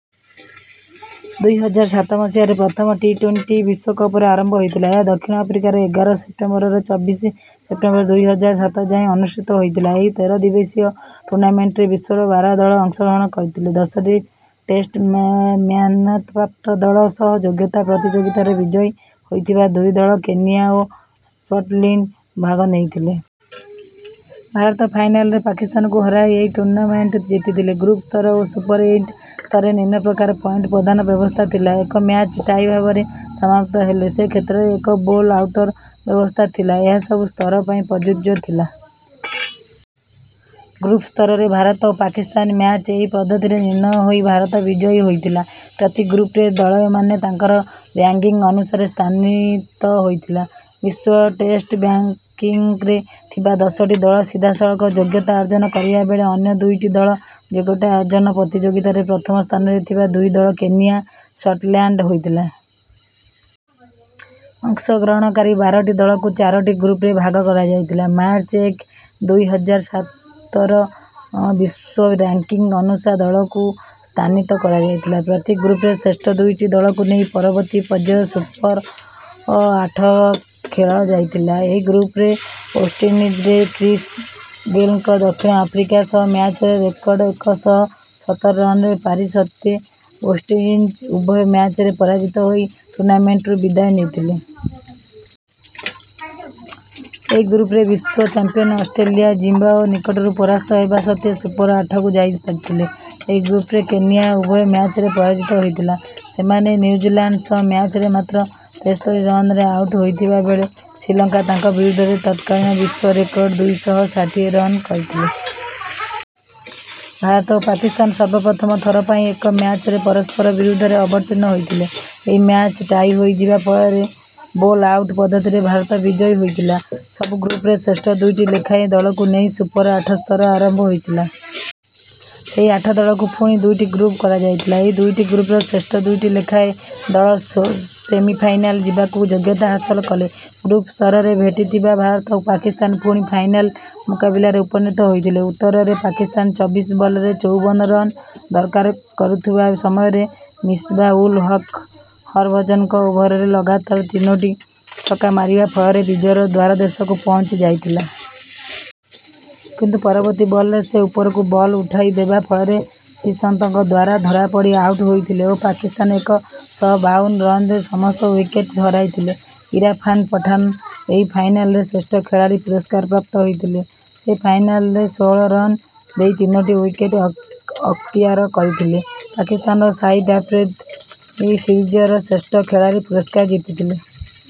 ଦୁଇ ହଜାର ସାତ ମସିହାରେ ପ୍ରଥମ ଟି-ଟ୍ୱେଣ୍ଟି ବିଶ୍ୱକପ୍‌ର ଆରମ୍ଭ ହୋଇଥିଲା। ଏହା ଦକ୍ଷିଣ ଆଫ୍ରିକାରେ ଏଗାର ସେପ୍ଟେମ୍ବରରୁ ଚବିଶ ସେପ୍ଟେମ୍ବର ଦୁଇ ହଜାର ସାତ ଯାଏଁ ଅନୁଷ୍ଠିତ ହୋଇଥିଲା। ଏହି ତେର ଦିବସୀୟ ଟୁର୍ଣ୍ଣାମେଣ୍ଟରେ ବିଶ୍ୱର ବାର ଦଳ ଅଂଶଗ୍ରହଣ କରିଥିଲେ। ଦଶଟି ଟେଷ୍ଟ ମାନ୍ୟତାପ୍ରାପ୍ତ ଦଳ ସହ ଯୋଗ୍ୟତା ପ୍ରତିଯୋଗିତାରେ ବିଜୟୀ ହୋଇଥିବା ଦୁଇ ଦଳ କେନିଆ ଓ ସ୍କଟଲ୍ୟାଣ୍ଡ ଭାଗ ନେଇଥିଲେ। ଭାରତ ଫାଇନାଲ୍‌ରେ ପାକିସ୍ତାନକୁ ହରାଇ ଏହି ଟୁର୍ଣ୍ଣାମେଣ୍ଟ ଜିତିଥିଲା। ଗ୍ରୁପ୍ ସ୍ତର ଓ ସୁପର ଏଇଟ୍ ସ୍ତରରେ ନିମ୍ନ ପ୍ରକାର ପଏଣ୍ଟ ପ୍ରଦାନ ବ୍ୟବସ୍ଥା ଥିଲା। ଏକ ମ୍ୟାଚ୍ ଟାଇ ଭାବରେ ସମାପ୍ତ ହେଲେ ସେ କ୍ଷେତ୍ରରେ ଏକ ବୋଲ୍ ଆଉଟ୍‌ର ବ୍ୟବସ୍ଥା ଥିଲା। ଏହା ସବୁ ସ୍ତର ପାଇଁ ପ୍ରଯୁଜ୍ୟ ଥିଲା। ଗ୍ରୁପ୍ ସ୍ତରରେ ଭାରତ ଓ ପାକିସ୍ତାନ ମ୍ୟାଚ୍ ଏହି ପଦ୍ଧତିରେ ନିର୍ଣ୍ଣୟ ହୋଇ ଭାରତ ବିଜୟୀ ହୋଇଥିଲା। ପ୍ରତି ଗ୍ରୁପ୍‌ରେ ଦଳମାନେ ତାଙ୍କର ର‍୍ୟାଙ୍କିଙ୍ଗ୍ ଅନୁସାରେ ସ୍ଥାନିତ ହୋଇଥିଲେ। ବିଶ୍ୱ ଟେଷ୍ଟ ର‍୍ୟାଙ୍କିଙ୍ଗ୍‌ରେ ଥିବା ଦଶଟି ଦଳ ସିଧାସଳଖ ଯୋଗ୍ୟତା ଅର୍ଜନ କରିବା ବେଳେ ଅନ୍ୟ ଦୁଇଟି ଦଳ ଯୋଗ୍ୟତା ଅର୍ଜନ ପ୍ରତିଯୋଗିତାର ପ୍ରଥମ ସ୍ଥାନରେ ଥିବା ଦୁଇ ଦଳ କେନିଆ ଓ ସ୍କଟଲ୍ୟାଣ୍ଡ ହୋଇଥିଲେ। ଅଂଶଗ୍ରହଣକାରୀ ବାରଟି ଦଳକୁ ଚାରୋଟି ଗ୍ରୁପ୍‌ରେ ଭାଗ କରାଯାଇଥିଲା। ମାର୍ଚ୍ଚ ଏକ, ଦୁଇ ହଜାର ସାତର ବିଶ୍ୱ ର‍୍ୟାଙ୍କିଙ୍ଗ୍ ଅନୁସାରେ ଦଳକୁ ସ୍ଥାନିତ କରାଯାଇଥିଲା। ପ୍ରତି ଗ୍ରୁପ୍‌ର ଶ୍ରେଷ୍ଠ ଦୁଇଟି ଦଳକୁ ନେଇ ପରବର୍ତ୍ତୀ ପର୍ଯ୍ୟାୟ ସୁପର ଆଠ ଖେଳାଯାଇଥିଲା। ଏହି ଗ୍ରୁପ୍‌ରେ ୱେଷ୍ଟଇଣ୍ଡିଜ୍‌ର କ୍ରିସ୍ ଗେଲ୍‌ଙ୍କ ଦକ୍ଷିଣ ଆଫ୍ରିକା ସହ ମ୍ୟାଚ୍‌ରେ ରେକର୍ଡ ଏକ ଶହ ସତର ରନ୍‌ର ପାରି ସତ୍ତ୍ୱେ ୱେଷ୍ଟଇଣ୍ଡିଜ୍ ଉଭୟ ମ୍ୟାଚ୍‌ରେ ପରାଜିତ ହୋଇ ଟୁର୍ଣ୍ଣାମେଣ୍ଟରୁ ବିଦାୟ ନେଇଥିଲା। ଏହି ଗ୍ରୁପ୍‌ରେ ବିଶ୍ୱ ଚାମ୍ପିଅନ୍ ଅଷ୍ଟ୍ରେଲିଆ ଜିମ୍ବାୱେ ନିକଟରୁ ପରାସ୍ତ ହେବା ସତ୍ତ୍ୱେ ସୁପର ଆଠକୁ ଯାଇପାରିଥିଲା। ଏହି ଗ୍ରୁପ୍‌ରେ କେନିଆ ଉଭୟ ମ୍ୟାଚ୍‌ରେ ପରାଜିତ ହୋଇଥିଲା। ସେମାନେ ନ୍ୟୁଜିଲାଣ୍ଡ ସହ ମ୍ୟାଚ୍‌ରେ ମାତ୍ର ତେସ୍ତରୀ ରନ୍‌ରେ ଆଉଟ୍ ହୋଇଥିବା ବେଳେ ଶ୍ରୀଲଙ୍କା ତାଙ୍କ ବିରୁଦ୍ଧରେ ତତ୍କାଳୀନ ବିଶ୍ୱ ରେକର୍ଡ ଦୁଇ ଶହ ଷାଠିଏ ରନ୍ କରିଥିଲେ। ଭାରତ ଓ ପାକିସ୍ତାନ ସର୍ବପ୍ରଥମ ଥର ପାଇଁ ଏକ ମ୍ୟାଚ୍‌ରେ ପରସ୍ପର ବିରୁଦ୍ଧରେ ଅବତୀର୍ଣ୍ଣ ହୋଇଥିଲେ। ଏହି ମ୍ୟାଚ୍ ଟାଇ ହୋଇଯିବା ଫଳରେ ବୋଲ୍ ଆଉଟ୍ ପଦ୍ଧତିରେ ଭାରତ ବିଜୟୀ ହୋଇଥିଲା। ସବୁ ଗ୍ରୁପ୍‌ର ଶ୍ରେଷ୍ଠ ଦୁଇଟି ଲେଖାଏଁ ଦଳକୁ ନେଇ ସୁପର ଆଠ ସ୍ତର ଆରମ୍ଭ ହୋଇଥିଲା। ସେହି ଆଠ ଦଳକୁ ପୁଣି ଦୁଇଟି ଗ୍ରୁପ୍ କରାଯାଇଥିଲା। ଏହି ଦୁଇଟି ଗ୍ରୁପ୍‌ର ଶ୍ରେଷ୍ଠ ଦୁଇଟି ଲେଖାଏଁ ଦଳ ସେମିଫାଇନାଲ୍ ଯିବାକୁ ଯୋଗ୍ୟତା ହାସଲ କଲେ। ଗ୍ରୁପ୍ ସ୍ତରରେ ଭେଟିଥିବା ଭାରତ ଓ ପାକିସ୍ତାନ ପୁଣି ଫାଇନାଲ୍ ମୁକାବିଲାରେ ଉପନୀତ ହୋଇଥିଲେ। ଉତ୍ତରରେ ପାକିସ୍ତାନ ଚବିଶ ବଲ୍‌ରେ ଚଉବନ ରନ୍ ଦରକାର କରୁଥିବା ସମୟରେ ମିସବା-ଉଲ୍-ହକ୍ ହରଭଜନଙ୍କ ଓଭର୍‌ରେ ଲଗାତାର ତିନୋଟି ଛକା ମାରିବା ଫଳରେ ବିଜୟର ଦ୍ୱାରଦେଶକୁ ପହଞ୍ଚି ଯାଇଥିଲା। କିନ୍ତୁ ପରବର୍ତ୍ତୀ ବଲ୍‌ରେ ସେ ଉପରକୁ ବଲ୍ ଉଠାଇ ଦେବା ଫଳରେ ଶ୍ରୀସନ୍ତଙ୍କ ଦ୍ୱାରା ଧରାପଡ଼ି ଆଉଟ୍ ହୋଇଥିଲେ ଓ ପାକିସ୍ତାନ ଏକ ଶହ ବାଉନ ରନ୍‌ରେ ସମସ୍ତ ୱିକେଟ୍ ହରାଇଥିଲା। ଇରଫାନ୍ ପଠାନ ଏହି ଫାଇନାଲ୍‌ରେ ଶ୍ରେଷ୍ଠ ଖେଳାଳି ପୁରସ୍କାର ପ୍ରାପ୍ତ ହୋଇଥିଲେ। ସେ ଫାଇନାଲ୍‌ରେ ଷୋହଳ ରନ୍ ଦେଇ ତିନୋଟି ୱିକେଟ୍ ଅକ୍ତିଆର କରିଥିଲେ। ପାକିସ୍ତାନର ସାହିଦ୍ ଆଫ୍ରିଦି ସିରିଜ୍‌ର ଶ୍ରେଷ୍ଠ ଖେଳାଳି ପୁରସ୍କାର ଜିତିଥିଲେ।